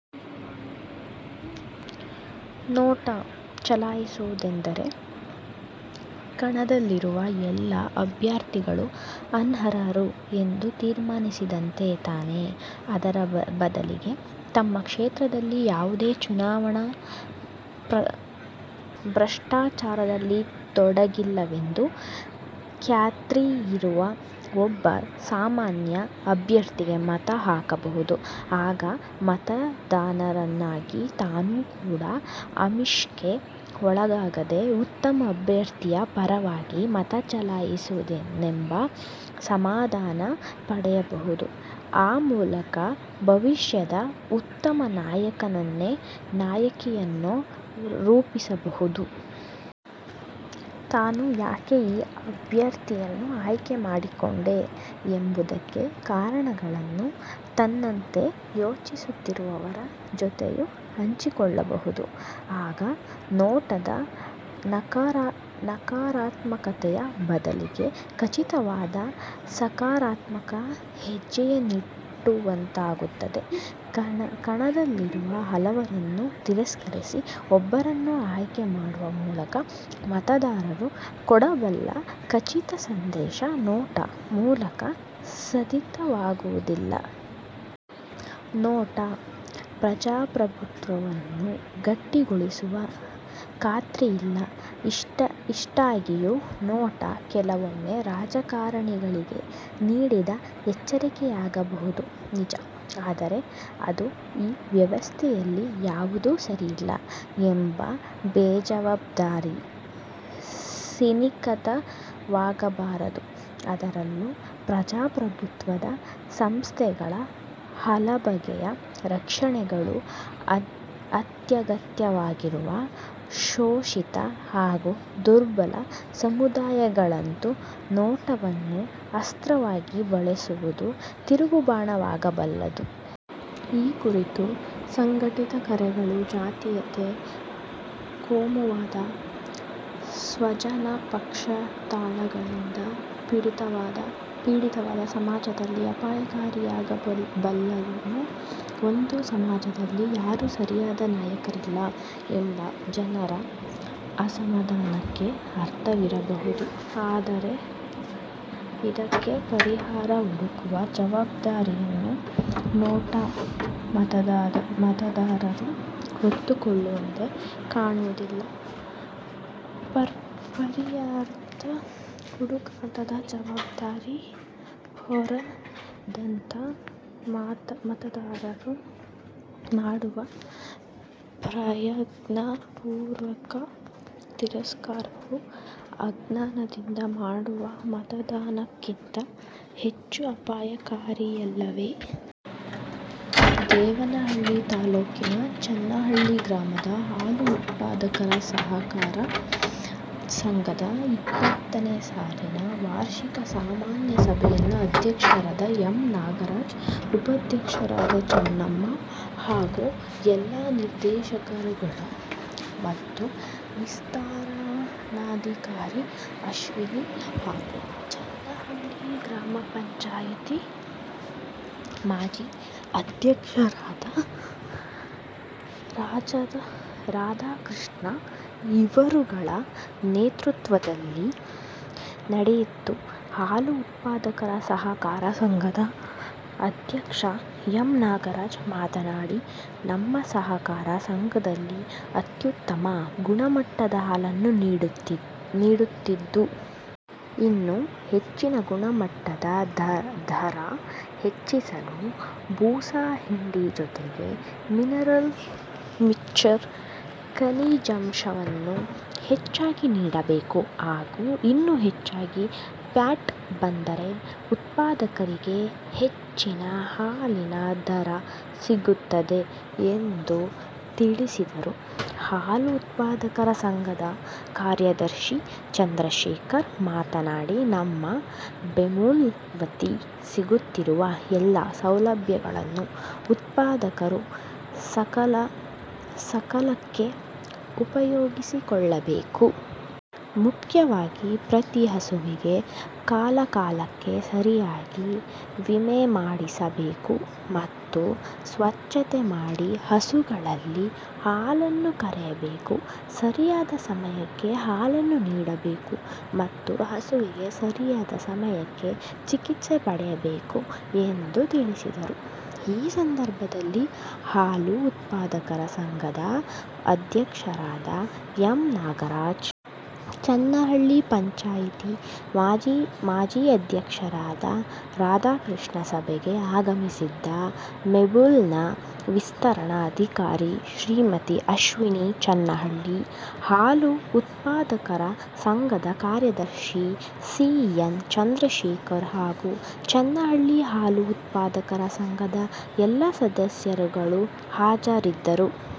'NOTA' ಚಲಾಯಿಸುವುದೆಂದರೆ, ಕಣದಲ್ಲಿರುವ ಎಲ್ಲ ಅಭ್ಯರ್ಥಿಗಳೂ ಅನರ್ಹರು ಎಂದು ತೀರ್ಮಾನಿಸಿದಂತೆ ತಾನೆ? ಅದರ ಬದಲಿಗೆ, ತಮ್ಮ ಕ್ಷೇತ್ರದಲ್ಲಿ ಯಾವುದೇ ಚುನಾವಣಾ ಭ್ರಷ್ಟಾಚಾರದಲ್ಲಿ ತೊಡಗಿಲ್ಲವೆಂದು ಖಾತ್ರಿಯಿರುವ ಒಬ್ಬ ಸಾಮಾನ್ಯ ಅಭ್ಯರ್ಥಿಗೇ ಮತ ಹಾಕಬಹುದು. ಆಗ ಮತದಾರನಾಗಿ ತಾನು ಕೂಡ ಆಮಿಷಕ್ಕೆ ಒಳಗಾಗದೆ ಉತ್ತಮ ಅಭ್ಯರ್ಥಿಯ ಪರವಾಗಿ ಮತ ಚಲಾಯಿಸಿದೆನೆಂಬ ಸಮಾಧಾನಪಡೆಯಬಹುದು; ಆ ಮೂಲಕ ಭವಿಷ್ಯದ ಉತ್ತಮ ನಾಯಕನನ್ನೋ, ನಾಯಕಿಯನ್ನೋ ರೂಪಿಸಬಹುದು. ತಾನು ಯಾಕೆ ಈ ಅಭ್ಯರ್ಥಿಯನ್ನು ಆಯ್ಕೆ ಮಾಡಿಕೊಂಡೆ ಎಂಬುದಕ್ಕೆ ಕಾರಣಗಳನ್ನು ತನ್ನಂತೆ ಯೋಚಿಸುತ್ತಿರುವವರ ಜೊತೆಯೂ ಹಂಚಿಕೊಳ್ಳಬಹುದು. ಆಗ 'ನೋಟಾ'ದ ನಕರಾತ್ಮಕತೆಯ ಬದಲಿಗೆ ಖಚಿತವಾದ ಸಕಾರಾತ್ಮಕ ಹೆಜ್ಜೆಯನ್ನಿಟ್ಟಂತಾಗುತ್ತದೆ. ಕಣದಲ್ಲಿರುವ ಹಲವರನ್ನು ತಿರಸ್ಕರಿಸಿ, ಒಬ್ಬರನ್ನು ಆಯ್ಕೆ ಮಾಡುವ ಮೂಲಕ ಮತದಾರರು ಕೊಡಬಲ್ಲ ಖಚಿತ ಸಂದೇಶ 'ನೋಟಾ' ಮೂಲಕ ಸಾಧಿತವಾಗುವುದಿಲ್ಲ. 'ನೋಟಾ' ಪ್ರಜಾಪ್ರಭುತ್ವವನ್ನು ಗಟ್ಟಿಗೊಳಿಸುವ ಖಾತ್ರಿಯಿಲ್ಲ. ಇಷ್ಟಾಗಿಯೂ, 'ನೋಟಾ' ಕೆಲವೊಮ್ಮೆ ರಾಜಕಾರಣಿಗಳಿಗೆ ನೀಡಿದ ಎಚ್ಚರಿಕೆಯಾಗಬಹುದು, ನಿಜ. ಆದರೆ ಅದು 'ಈ ವ್ಯವಸ್ಥೆಯಲ್ಲಿ ಯಾವುದೂ ಸರಿಯಲ್ಲ' ಎಂಬ ಬೇಜವಾಬ್ದಾರಿ ಸಿನಿಕತನವಾಗಬಾರದು. ಅದರಲ್ಲೂ, ಪ್ರಜಾಪ್ರಭುತ್ವದ ಸಂಸ್ಥೆಗಳ ಹಲಬಗೆಯ ರಕ್ಷಣೆಗಳು ಅತ್ಯಗತ್ಯವಾಗಿರುವ ಶೋಷಿತ ಹಾಗೂ ದುರ್ಬಲ ಸಮುದಾಯಗಳಂತೂ 'ನೋಟಾ'ವನ್ನು ಅಸ್ತ್ರವಾಗಿ ಬಳಸುವುದು ತಿರುಗುಬಾಣವಾಗಬಲ್ಲದು. ಈ ಕುರಿತ ಸಂಘಟಿತ ಕರೆಗಳು ಜಾತೀಯತೆ, ಕೋಮುವಾದ, ಸ್ವಜನಪಕ್ಷಪಾತಗಳಿಂದ ಪೀಡಿತವಾದ ಸಮಾಜದಲ್ಲಿ ಅಪಾಯಕಾರಿಯಾಗಬಲ್ಲವು. ಒಂದು ಸಮಾಜದಲ್ಲಿ ಯಾರೂ ಸರಿಯಾದ ನಾಯಕರಿಲ್ಲ ಎಂಬ ಜನರ ಅಸಮಾಧಾನಕ್ಕೆ ಅರ್ಥವಿರಬಹುದು. ಆದರೆ ಇದಕ್ಕೆ ಪರಿಹಾರ ಹುಡುಕುವ ಜವಾಬ್ದಾರಿಯನ್ನು 'ನೋಟಾ' ಮತದಾರರು ಹೊತ್ತುಕೊಳ್ಳುವಂತೆ ಕಾಣುವುದಿಲ್ಲ. ಪರ್ಯಾಯದ ಹುಡುಕಾಟದ ಜವಾಬ್ದಾರಿ ಹೊರದಂಥ ಮತದಾರರು ಮಾಡುವ ಪ್ರಜ್ಞಾಪೂರ್ವಕ ತಿರಸ್ಕಾರವು ಅಜ್ಞಾನದಿಂದ ಮಾಡುವ ಮತದಾನಕ್ಕಿಂತ ಹೆಚ್ಚು ಅಪಾಯಕಾರಿಯಲ್ಲವೇ? ದೇವನಹಳ್ಳಿ ತಾಲ್ಲೂಕಿನ ಚನ್ನಹಳ್ಳಿ ಗ್ರಾಮದ ಹಾಲು ಉತ್ಪಾದಕರ ಸಹಕಾರ ಸಂಘದ ಇಪ್ಪತ್ತನೇ ಸಾಲಿನ ವಾರ್ಷಿಕ ಸಾಮಾನ್ಯ ಸಭೆಯನ್ನು ಅಧ್ಯಕ್ಷರಾದ ಎಮ್ ನಾಗರಾಜ್. ಉಪಾಧ್ಯಕ್ಷರಾದ ಚನ್ನಮ್ಮ. ಹಾಗು ಎಲ್ಲ ನಿರ್ದೇಶಕರುಗಳು ಮತ್ತು ವಿಸ್ತರಣಾಧಿಕಾರಿ ಅಶ್ವಿನಿ ಹಾಗು ಚನ್ನಹಳ್ಳಿ ಗ್ರಾಮಪಂಚಾಯಿತಿ ಮಾಜಿ ಅಧ್ಯಕ್ಷರಾದ ರಾಧಕೃಷ್ಣ ಇವರುಗಳ ನೇತೃತ್ವದಲ್ಲಿ ನಡೆಯಿತು ಹಾಲು ಉತ್ಪದಕರ ಸಹಕಾರ ಸಂಘದ ಅಧ್ಯಕ್ಷ ಎಮ್ ನಾಗಾರಾಜ್ ಮಾತನಾಡಿ ನಮ್ಮ ಸಹಕಾರ ಸಂಘದಲ್ಲಿ ಅತ್ಯುತಮ ಗುಣಮಟ್ಟದ ಹಾಲನ್ನು ನೀಡುತ್ತಿದ್ದು. ಇನ್ನು ಹೆಚ್ಚಿನ ಗುಣಮಟ್ಟ ಧರ ಹೆಚ್ಚಿಸಲು ಬೂಸಾ ಹಿಂಡಿ ಜೊತೆಗೆ ಮಿನಿರಲ್ ಮಿಚರ್ ಕನಿಜಾಂಶವನ್ನು ಹೆಚ್ಚಾಗಿ ನೀಡಬೇಕು ಹಾಗ ಇನ್ನು ಹೆಚ್ಚಾಗಿ ಪ್ಯಾಟ್ ಬಂದ್ದರೆ ಉತ್ಪದಕರಿಗೆ ಹೆಚ್ಚಿನ ಹಾಲಿನ ಧರ ಸಿಗುತದೆ ಎಂದು ತಿಳಿಸಿದರು ಹಾಲು ಉತ್ಪಾದಕರ ಸಂಘದ ಕಾರ್ಯದಶಿ ಚಂದ್ರಶೇಖರ್ ಮಾತನಾಡಿ ನಮ್ಮ ಬೆಮೂಲ್ ವತಿ ಸಿಗುತ್ತಿರುವ ಎಲ್ಲ ಸೌಲಭ್ಯಗಳನ್ನು ಉತ್ಪದಕರು ಸಕಾಲಕ್ಕೆ ಉಪಯೋಗಿಸಕೊಳಬೇಕು. ಮುಖ್ಯವಾಗಿ ಪ್ರತಿ ಹಸುವಿಗೆ ಕಲಾಕಾಲಕೆ ಸರಿಯಾಗಿ ವಿಮೆಮಾಡಿಸ ಬೇಕು ಮತ್ತು ಸ್ವಚ್ಛತೆ ಮಾಡಿ ಹಸುಗಳಲ್ಲಿ ಹಾಲನ್ನು ಕರೆಯಬೇಕು ಸರಿಯಾದ ಸಮಯಕೆ ಹಾಲನ್ನು ನೀಡಬೇಕು ಮತ್ತು ಹಸುವಿಗೆ ಸರಿಯಾದ ಸಮಯಕೆ ಚಿಕಿತ್ಸೆ ಪಡೆಯಬೇಕು ಎಂದು ತಿಳ್ಳಿಸಿದರು ಈ ಸಂದರ್ಭದಲ್ಲಿ ಹಾಲು ಉತ್ಪದಕರ ಸಂಘದ ಅಧ್ಯಕ್ಷರಾದ ಎಮ್ ನಾಗರಾಜ್. ಚನ್ನಹಳ್ಳಿ ಪಂಚಾಯಿತಿ ಮಾಜಿ ಅಧ್ಯಕ್ಷರಾದ ರಾಧಕೃಷ್ಣ. ಸಭೆಗೆ ಆಗಮಿಸಿದ್ದ ಬೆಮೂಲ್ ನ ವಿಸ್ತರಣ ಅಧಿಕಾರಿ ಶ್ರೀಮತಿ ಅಶ್ವಿನಿ. ಚನ್ನಹಳ್ಳಿ ಹಾಲು ಉತ್ಪದಕರ ಸಂಘದ ಕಾರ್ಯದರ್ಶಿ ಸಿ ಎನ್ ಚಂದ್ರಶೇಖರ್ ಹಾಗು ಚನ್ನಹಳ್ಳಿ ಹಾಲು ಉತ್ಪದಕರ ಸಂಘದ ಎಲ್ಲ ಸದಸ್ಯರುಗಳು ಹಾಜರಿದ್ದರು